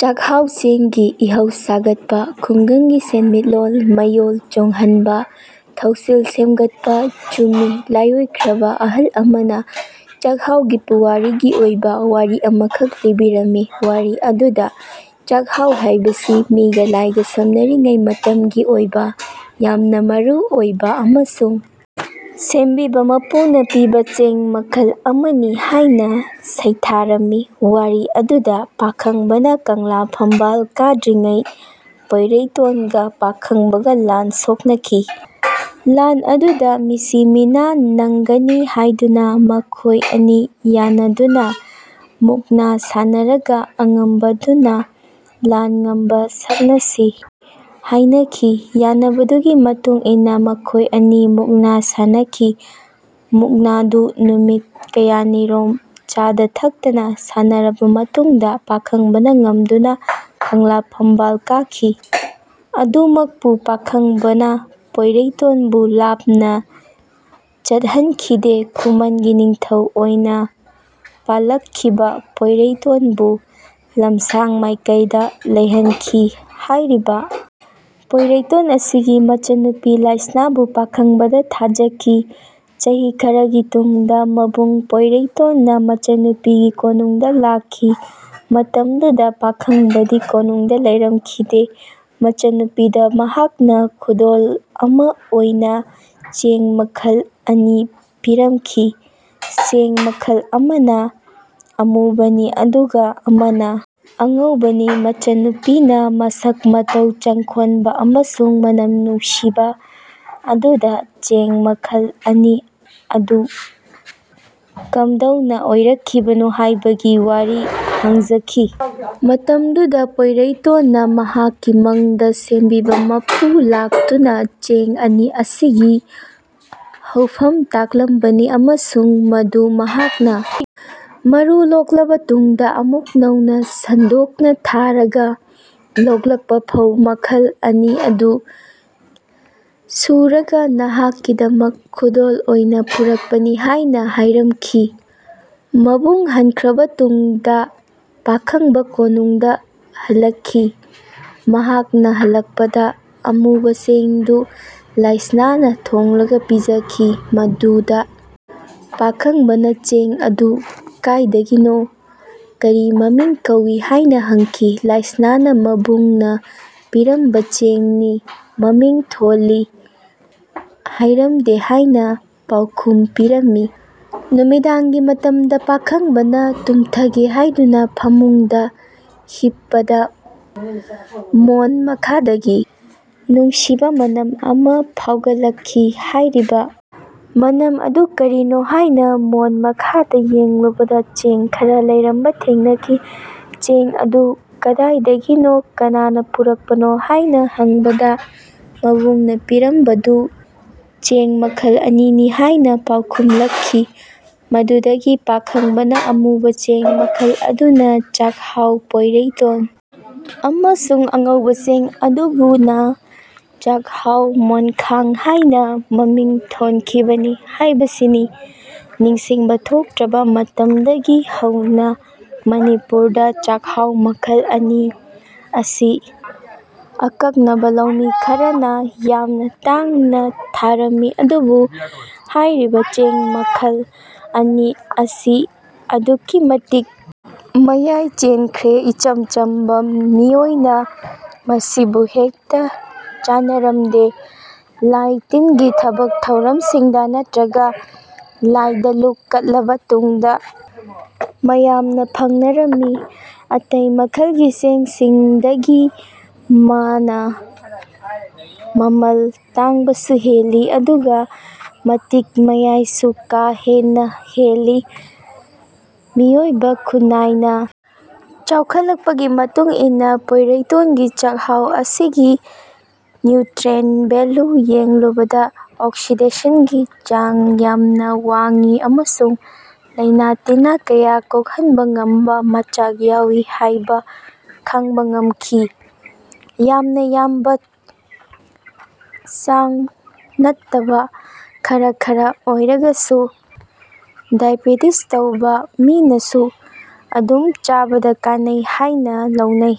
ꯆꯥꯛꯍꯥꯎ ꯆꯦꯡꯒꯤ ꯏꯍꯧ ꯁꯥꯒꯠꯄ ꯈꯨꯡꯒꯪꯒꯤ ꯁꯦꯟꯃꯤꯠꯂꯣꯟ ꯃꯌꯣꯜ ꯆꯣꯡꯍꯟꯅꯕ ꯊꯧꯁꯤꯜ ꯁꯦꯝꯒꯠꯄ ꯆꯨꯝꯃꯤ ꯂꯥꯏꯑꯣꯏꯈ꯭ꯔꯕ ꯑꯍꯜ ꯑꯃꯅ ꯆꯥꯛꯍꯥꯎꯒꯤ ꯄꯨꯋꯥꯔꯤꯒꯤ ꯑꯣꯏꯕ ꯋꯥꯔꯤ ꯑꯃꯈꯛ ꯂꯤꯕꯤꯔꯝꯃꯤ꯫ ꯋꯥꯔꯤ ꯑꯗꯨꯗ ꯆꯥꯛꯍꯥꯎ ꯍꯥꯏꯕꯁꯤ ꯃꯤꯒ ꯂꯥꯏꯒ ꯁꯝꯅꯔꯤꯉꯩ ꯃꯇꯝꯒꯤ ꯑꯣꯏꯕ ꯌꯥꯝꯅ ꯃꯔꯨ ꯑꯣꯏꯕ ꯑꯃꯁꯨꯡ ꯁꯦꯝꯕꯤꯕ ꯃꯄꯨꯅ ꯄꯤꯕ ꯆꯦꯡ ꯃꯈꯜ ꯑꯃꯅꯤ ꯍꯥꯏꯅ ꯁꯩꯊꯥꯔꯝꯃꯤ꯫ ꯋꯥꯔꯤ ꯑꯗꯨꯗꯤ ꯄꯥꯈꯪꯕꯅ ꯀꯪꯂꯥ ꯐꯝꯕꯥꯜ ꯀꯥꯗ꯭ꯔꯤꯉꯩꯗ ꯄꯣꯏꯔꯩꯇꯣꯟꯒ ꯄꯥꯈꯪꯕꯒ ꯂꯥꯟ ꯁꯣꯛꯅꯈꯤ꯫ ꯂꯥꯟ ꯑꯗꯨ ꯃꯤꯁꯤ ꯃꯤꯅꯥ ꯅꯪꯒꯅꯤ ꯍꯥꯏꯗꯨꯅ ꯃꯈꯣꯏ ꯑꯅꯤ ꯌꯥꯟꯅꯗꯨꯅ ꯃꯨꯛꯅ ꯁꯥꯟꯅꯔꯒ ꯑꯉꯝꯕꯗꯨꯅ ꯂꯥꯟ ꯉꯝꯕ ꯁꯛꯅꯁꯤ ꯍꯥꯏꯅꯈꯤ꯫ ꯌꯥꯅꯕꯗꯨꯒꯤ ꯃꯇꯨꯡ ꯏꯟꯅ ꯃꯈꯣꯏ ꯑꯅꯤ ꯃꯨꯛꯅ ꯁꯥꯟꯅꯈꯤ꯫ ꯃꯨꯛꯅꯥꯗꯨ ꯅꯨꯃꯤꯠ ꯀꯌꯥꯅꯤꯔꯣꯝ ꯆꯥꯗ-ꯊꯛꯇꯅ ꯁꯥꯟꯅꯔꯕ ꯃꯇꯨꯡꯗ ꯄꯥꯈꯪꯕꯅ ꯉꯝꯗꯨꯅ ꯀꯪꯂꯥ ꯐꯝꯕꯥꯜ ꯀꯥꯈꯤ꯫ ꯑꯗꯨꯃꯛꯄꯨ ꯄꯥꯈꯪꯕꯅ ꯄꯣꯏꯔꯩꯇꯣꯟꯕꯨ ꯂꯥꯞꯅ ꯆꯠꯍꯟꯈꯤꯗꯦ꯫ ꯈꯨꯃꯟꯒꯤ ꯅꯤꯡꯊꯧ ꯑꯣꯏꯅ ꯄꯥꯜꯂꯛꯈꯤꯕ ꯄꯣꯏꯔꯩꯇꯣꯟꯕꯨ ꯂꯝꯁꯥꯡ ꯃꯥꯏꯀꯩꯗ ꯂꯩꯍꯟꯈꯤ꯫ ꯍꯥꯏꯔꯤꯕ ꯄꯣꯏꯔꯩꯇꯣꯟ ꯑꯁꯤꯒꯤ ꯃꯆꯟꯅꯨꯄꯤ ꯂꯥꯏꯁꯅꯥꯕꯨ ꯄꯥꯈꯪꯕꯗ ꯊꯥꯖꯈꯤ꯫ ꯆꯍꯤ ꯈꯔꯒꯤ ꯇꯨꯡꯗ ꯃꯕꯨꯡ ꯄꯣꯏꯔꯩꯇꯣꯟꯅ ꯃꯆꯟꯅꯨꯄꯤꯒꯤ ꯀꯣꯅꯨꯡꯗ ꯂꯥꯛꯈꯤ꯫ ꯃꯇꯝꯗꯨꯗ ꯄꯥꯈꯪꯕꯗꯤ ꯀꯣꯅꯨꯡꯗ ꯂꯩꯔꯝꯈꯤꯗꯦ꯫ ꯃꯆꯟꯅꯨꯄꯤꯗ ꯃꯍꯥꯛꯅ ꯈꯨꯗꯣꯜ ꯑꯃ ꯑꯣꯏꯅ ꯆꯦꯡ ꯃꯈꯜ ꯑꯅꯤ ꯄꯤꯔꯝꯈꯤ꯫ ꯆꯦꯡ ꯃꯈꯜ ꯑꯃꯅ ꯑꯃꯨꯕꯅꯤ ꯑꯗꯨꯒ ꯑꯃꯅ ꯑꯉꯧꯕꯅꯤ꯫ ꯃꯆꯟꯅꯨꯄꯤꯅ ꯃꯁꯛ ꯃꯇꯧ ꯆꯪꯈꯣꯟꯕ ꯑꯃꯁꯨꯡ ꯃꯅꯝ ꯅꯨꯡꯁꯤꯕ ꯑꯗꯨꯗ ꯆꯦꯡ ꯃꯈꯜ ꯑꯅꯤ ꯑꯗꯨ ꯀꯝꯗꯧꯅ ꯑꯣꯏꯔꯛꯈꯤꯕꯅꯣ ꯍꯥꯏꯕꯒꯤ ꯋꯥꯔꯤ ꯍꯪꯖꯈꯤ꯫ ꯃꯇꯝꯗꯨꯗ ꯄꯣꯏꯔꯩꯇꯣꯟꯅ ꯃꯍꯥꯛꯀꯤ ꯃꯪꯗ ꯁꯦꯝꯕꯤꯕ ꯃꯄꯨ ꯂꯥꯛꯇꯨꯅ ꯆꯦꯡ ꯑꯅꯤ ꯑꯁꯤꯒꯤ ꯍꯧꯐꯝ ꯇꯥꯛꯂꯝꯕꯅꯤ ꯑꯃꯁꯨꯡ ꯃꯗꯨ ꯃꯍꯥꯛꯅ ꯃꯔꯨ ꯂꯣꯛꯂꯕ ꯇꯨꯡꯗ ꯑꯃꯨꯛ ꯅꯧꯅ ꯁꯟꯗꯣꯛꯅ ꯊꯥꯔꯒ ꯂꯣꯛꯂꯛꯄ ꯐꯧ ꯃꯈꯜ ꯑꯅꯤ ꯑꯗꯨ ꯁꯨꯔꯒ ꯅꯍꯥꯛꯀꯤꯗꯃꯛ ꯈꯨꯗꯣꯜ ꯑꯣꯏꯅ ꯄꯨꯔꯛꯄꯅꯤ ꯍꯥꯏꯅ ꯍꯥꯏꯔꯝꯈꯤ꯫ ꯃꯕꯨꯡ ꯍꯟꯈ꯭ꯔꯕ ꯇꯨꯡꯗ ꯄꯥꯈꯪꯕ ꯀꯣꯅꯨꯡꯗ ꯍꯜꯂꯛꯈꯤ꯫ ꯃꯍꯥꯛꯅ ꯍꯜꯂꯛꯄꯗ ꯑꯃꯨꯕ ꯆꯦꯡꯗꯨ ꯂꯥꯏꯁꯅꯥꯅ ꯊꯣꯡꯂꯒ ꯄꯤꯖꯈꯤ꯫ ꯃꯇꯝꯗꯨꯗ ꯄꯥꯈꯪꯕꯅ ꯆꯦꯡ ꯑꯗꯨ ꯀꯗꯥꯏꯗꯒꯤꯅꯣ ꯀꯔꯤ ꯃꯃꯤꯡ ꯀꯧꯏ ꯍꯥꯏꯅ ꯍꯪꯈꯤ꯫ ꯂꯥꯏꯁꯅꯥꯅ ꯃꯕꯨꯡꯅ ꯄꯤꯔꯝꯕ ꯆꯦꯡꯅꯤ, ꯃꯃꯤꯡ ꯊꯣꯜꯂꯤ ꯍꯥꯏꯔꯝꯗꯦ ꯍꯥꯏꯅ ꯄꯥꯎꯈꯨꯝ ꯄꯤꯔꯝꯃꯤ꯫ ꯅꯨꯃꯤꯗꯥꯡꯒꯤ ꯃꯇꯝꯗ ꯄꯥꯈꯪꯕꯅ ꯇꯨꯝꯊꯒꯦ ꯍꯥꯏꯗꯨꯅ ꯐꯃꯨꯡꯗ ꯍꯤꯞꯄꯗ ꯃꯣꯟ ꯃꯈꯥꯗꯒꯤ ꯅꯨꯡꯁꯤꯕ ꯃꯅꯝ ꯑꯃ ꯐꯥꯎꯒꯠꯂꯛꯈꯤ꯫ ꯍꯥꯏꯔꯤꯕ ꯃꯅꯝ ꯑꯗꯨ ꯀꯔꯤꯅꯣ ꯍꯥꯏꯅ ꯃꯣꯟ ꯃꯈꯥꯗ ꯌꯦꯡꯂꯨꯕꯗ ꯆꯦꯡ ꯈꯔ ꯂꯩꯔꯝꯕ ꯊꯦꯡꯅꯈꯤ꯫ ꯆꯦꯡ ꯑꯗꯨ ꯀꯗꯥꯏꯗꯒꯤꯅꯣ ꯀꯅꯥꯅꯥ ꯄꯨꯔꯛꯄꯅꯣ ꯍꯥꯏꯅ ꯍꯪꯕꯗ ꯃꯕꯨꯡꯅ ꯄꯤꯔꯝꯕꯗꯨ ꯆꯦꯡ ꯃꯈꯜ ꯑꯅꯤꯅꯤ ꯍꯥꯏꯅ ꯄꯥꯎꯈꯨꯝꯂꯛꯈꯤ꯫ ꯃꯗꯨꯗꯒꯤ ꯄꯥꯈꯪꯕꯅ ꯑꯃꯨꯕ ꯆꯦꯡ ꯃꯈꯜ ꯑꯗꯨꯅ ꯆꯥꯛꯍꯥꯎ ꯄꯣꯏꯔꯩꯇꯣꯟ ꯑꯃꯁꯨꯡ ꯑꯉꯧꯕ ꯆꯦꯡ ꯑꯗꯨꯕꯨꯅ ꯆꯥꯛꯍꯥꯎ ꯃꯣꯟꯈꯥꯡ ꯍꯥꯏꯅ ꯃꯃꯤꯡ ꯊꯣꯟꯈꯤꯕꯅꯤ ꯍꯥꯏꯕꯁꯤꯅꯤ꯫ ꯅꯤꯡꯁꯤꯡꯕ ꯊꯣꯛꯇ꯭ꯔꯕ ꯃꯇꯝꯗꯒꯤ ꯍꯧꯅ ꯃꯅꯤꯄꯨꯔꯗ ꯆꯥꯛꯍꯥꯎ ꯃꯈꯜ ꯑꯅꯤ ꯑꯁꯤ ꯑꯀꯛꯅꯕ ꯂꯧꯃꯤ ꯈꯔꯅ ꯌꯥꯝꯅ ꯇꯥꯡꯅ ꯊꯥꯔꯝꯃꯤ꯫ ꯑꯗꯨꯕꯨ ꯍꯥꯏꯔꯤꯕ ꯆꯦꯡ ꯃꯈꯜ ꯑꯅꯤ ꯑꯁꯤ ꯑꯗꯨꯛꯀꯤ ꯃꯇꯤꯛ ꯃꯌꯥꯏ ꯆꯦꯟꯈ꯭ꯔꯦ꯫ ꯏꯆꯝ ꯆꯝꯕ ꯃꯤꯑꯣꯏꯅ ꯃꯁꯤꯕꯨ ꯍꯦꯛꯇ ꯆꯥꯅꯔꯝꯗꯦ꯫ ꯂꯥꯏ-ꯇꯤꯟꯒꯤ ꯊꯕꯛ ꯊꯧꯔꯝꯁꯤꯡꯗ ꯅꯠꯇ꯭ꯔꯒ ꯂꯥꯏꯗ ꯂꯨꯛ ꯀꯠꯂꯕ ꯇꯨꯡꯗ ꯃꯌꯥꯝꯅ ꯐꯪꯅꯔꯝꯃꯤ꯫ ꯑꯇꯩ ꯃꯈꯜꯒꯤ ꯆꯦꯡꯁꯤꯡꯗꯒꯤ ꯃꯥꯅꯥ ꯃꯃꯜ ꯇꯥꯡꯕꯁꯨ ꯍꯦꯜꯂꯤ ꯑꯗꯨꯒ ꯃꯇꯤꯛ ꯃꯌꯥꯏꯁꯨ ꯀꯥ ꯍꯦꯟꯅ ꯍꯦꯜꯂꯤ꯫ ꯃꯤꯑꯣꯏꯕ ꯈꯨꯟꯅꯥꯏꯅ ꯆꯥꯎꯈꯠꯂꯛꯄꯒꯤ ꯃꯇꯨꯡ ꯏꯟꯅ ꯄꯣꯏꯔꯩꯇꯣꯟꯒꯤ ꯆꯥꯛꯍꯥꯎ ꯑꯁꯤꯒꯤ ꯅ꯭ꯌꯨꯇ꯭ꯔꯦꯟꯠ ꯚꯦꯂꯨ ꯌꯦꯡꯂꯨꯕꯗ ꯑꯣꯛꯁꯤꯗꯦꯁꯟꯒꯤ ꯆꯥꯡ ꯌꯥꯝꯅ ꯋꯥꯡꯏ ꯑꯃꯁꯨꯡ ꯂꯥꯏꯅ ꯇꯤꯟꯅ ꯀꯌꯥ ꯀꯣꯛꯍꯟꯕ ꯉꯝꯕ ꯃꯆꯥꯛ ꯌꯥꯎꯏ ꯍꯥꯏꯕ ꯈꯪꯕ ꯉꯝꯈꯤ꯫ ꯌꯥꯝꯅ ꯌꯥꯝꯕ ꯆꯥꯡ ꯅꯠꯇꯕ ꯈꯔ ꯈꯔ ꯑꯣꯏꯔꯒꯁꯨ ꯗꯥꯏꯕꯦꯇꯤꯁ ꯇꯧꯕ ꯃꯤꯅꯁꯨ ꯑꯗꯨꯝ ꯆꯥꯕꯗ ꯀꯥꯟꯅꯩ ꯍꯥꯏꯅ ꯂꯧꯅꯩ꯫